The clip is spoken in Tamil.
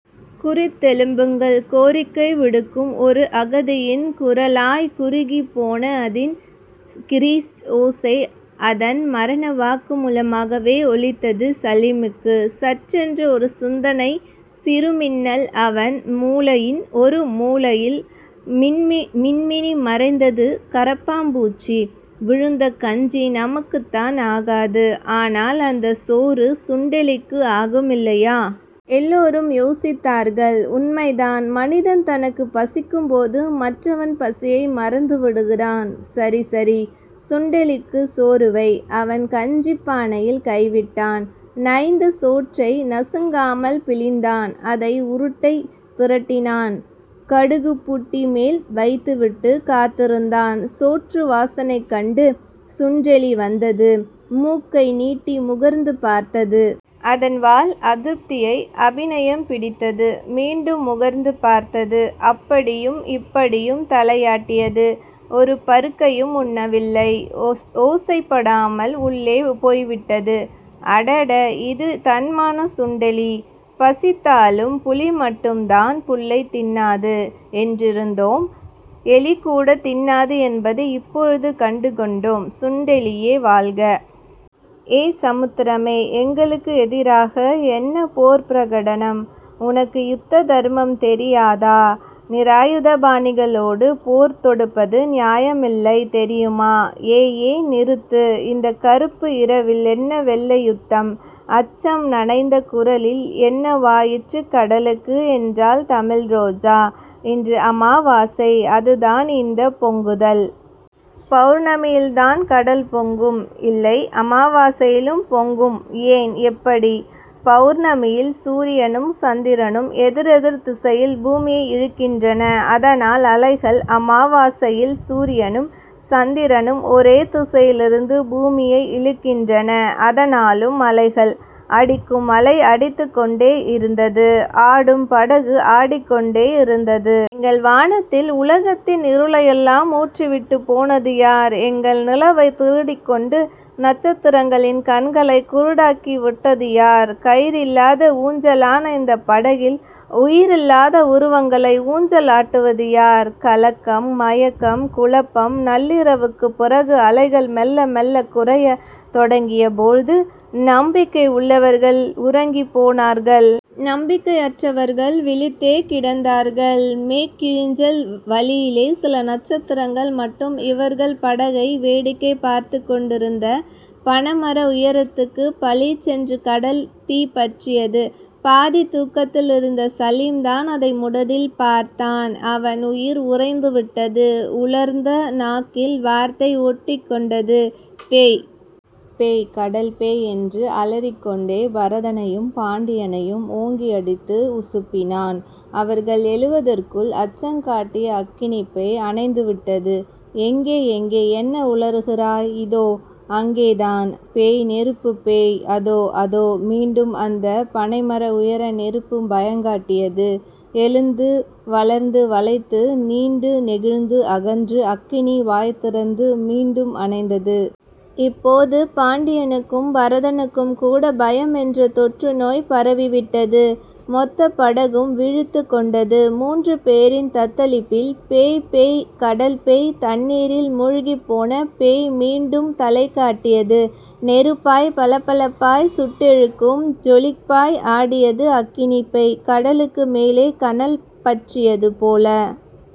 குருத்தெலும்புகள். கோரிக்கை விடுக்கும் ஓர் அகதியின் குரலாய்க் குறுகிப் போன அதன் கிரீச் ஓசை அதன் மரண வாக்குமூலமாகவே ஒலித்தது சலீமுக்கு. சட்டென்று ஒரு சிந்தனைச் சிறுமின்னல் அவன் மூளையின் ஒரு மூலையில் மின்மினி மறைந்தது. கரப்பான்பூச்சி விழுந்த கஞ்சி நமக்குத்தான் ஆகாது. ஆனால் அந்தச் சோறு சுண்டெலிக்கு ஆகுமில்லையா? எல்லோரும் யோசித்தார்கள். உண்மைதான். மனிதன் தனக்குப் பசிக்கும்போது மற்றவன் பசியை மறந்துவிடுகிறான். சரி சரி. சுண்டெலிக்குச் சோறு வை. அவன் கஞ்சிப் பானையில் கைவிட்டான். நைந்த சோற்றை நசுங்காமல் பிழிந்தான். அதை உருட்டை திரட்டினான். கடுகுபுட்டி மேல் வைத்துவிட்டுக் காத்திருந்தான். சோற்று வாசனைகண்டு சுண்டெலி வந்தது. மூக்கை நீட்டி முகர்ந்து பார்த்தது. அதன் வால் அதிருப்தியை அபிநயம் பிடித்தது. மீண்டும் முகர்ந்து பார்த்தது. அப்படியும் இப்படியும் தலையாட்டியது. ஒரு பருக்கையும் உண்ணவில்லை. ஓசைப்படாமல் உள்ளே போய்விட்டது. அடட. இது தன்மானச் சுண்டெலி. பசித்தாலும் புலிமட்டும்தான் புல்லைத் தின்னாது என்றிருந்தோம். எலிகூடத் தின்னாது என்பதை இப்போது கண்டுகொண்டோம். சுண்டெலியே வாழ்க. ஏ சமுத்திரமே. எங்களுக்கு எதிராக என்ன போர்ப் பிரகடனம்? உனக்கு யுத்த தர்மம் தெரியாதா? நிராயுதபாணிகளோடு போர் தொடுப்பது நியாயமில்லை தெரியுமா? ஏ. ஏ. நிறுத்து. இந்தக் கறுப்பு இரவிலென்ன வெள்ளை யுத்தம்? அச்சம் நனைந்த குரலில் என்னவாயிற்று கடலுக்கு? என்றாள் தமிழ்ரோஜா. இன்று அமாவாசை. அதுதான் இந்தப் பொங்குதல். பெளர்ணமியில்தான் கடல் பொங்கும்? இல்லை அமாவாசையிலும் பொங்கும் ஏன்... எப்படி? பெளர்ணமியில் சூரியனும் சந்திரனும் எதிரெதிர் திசையில் பூமியை இழுக்கின்றன அதனால் அலைகள். அமாவாசையில் சூரியனும் சந்திரனும் ஒரே திசையிலிருந்து பூமியை இழுக்கின்றன. அதனாலும் அலைகள். அடிக்கும் அலை அடித்துக் கொண்டேயிருந்தது. ஆடும் படகு ஆடிக் கொண்டேயிருந்தது. எங்கள் வானத்தில் உலகத்தின் இருளையெல்லாம் ஊற்றிவிட்டுப் போனது யார்? எங்கள் நிலவைத் திருடிக்கொண்டு நட்சத்திரங்களின் கண்களைக் குருடாக்கிவிட்டது யார்? கயிறில்லாத ஊஞ்சலான இந்தப் படகில் உயிரில்லாத உருவங்களை ஊஞ்சலாட்டுவது யார்? கலக்கம். மயக்கம். குழப்பம். நள்ளிரவுக்குப் பிறகு அலைகள் மெள்ள மெள்ளக் குறையத் தொடங்கியபோது நம்பிக்கை உள்ளவர்கள் உறங்கிப் போனார்கள். நம்பிக்கையற்றவர்கள் விழித்தே கிடந்தார்கள். மேக்கிழிஞ்சல் வழியிலே சில நட்சத்திரங்கள் மட்டும் இவர்கள் படகை வேடிக்கை பார்த்துக் கொண்டிருந்த பனமர உயரத்திற்குப் பளிச்சென்று கடல் தீப்பற்றியது. பாதித் தூக்கத்திலிருந்த சலீம்தான் அதை முதலில் பார்த்தான். அவன் உயிர் உறைந்துவிட்டது. உலர்ந்த நாக்கில் வார்த்தை ஒட்டிக்கொண்டது. பேய். பேய். கடல்பேய். என்று அலறிக்கொண்டே பரதனையும் பாண்டியனையும் ஓங்கியடித்து உசுப்பினான். அவர்கள் எழுவதற்குள் அச்சங்காட்டிய அக்கினிப்பேய் அணைந்துவிட்டது. எங்கே? எங்கே? என்ன உளறுகிறாய்? இதோ.. அங்கேதான். பேய். நெருப்புப் பேய். அதோ. அதோ. மீண்டும் அந்தப் பனைமர உயர நெருப்பு பயங்காட்டியது. எழுந்து வளர்ந்து வளைந்து நீண்டு நெகிழ்ந்து அகன்று அக்கினி வாய்திறந்து மீண்டும் அணைந்தது. இப்போது பாண்டியனுக்கும் பரதனுக்கும்கூடப் பயம் என்ற தொற்றுநோய் பரவிவிட்டது. மொத்தப் படகும் விழித்துக் கொண்டது முன்று பேரின் தத்தளிப்பில். பேய். பேய். கடல் பேய். தண்ணீரில் முழ்கிப்போன பேய் மீண்டும் தலைகாட்டியது. நெருப்பாய் பளபளப்பாய் சுட்ரொழுகும் ஜொலிப்பாய் ஆடியது அக்கினிப் பேய் கடலுக்கு மேலே கனல் பற்றியது போல.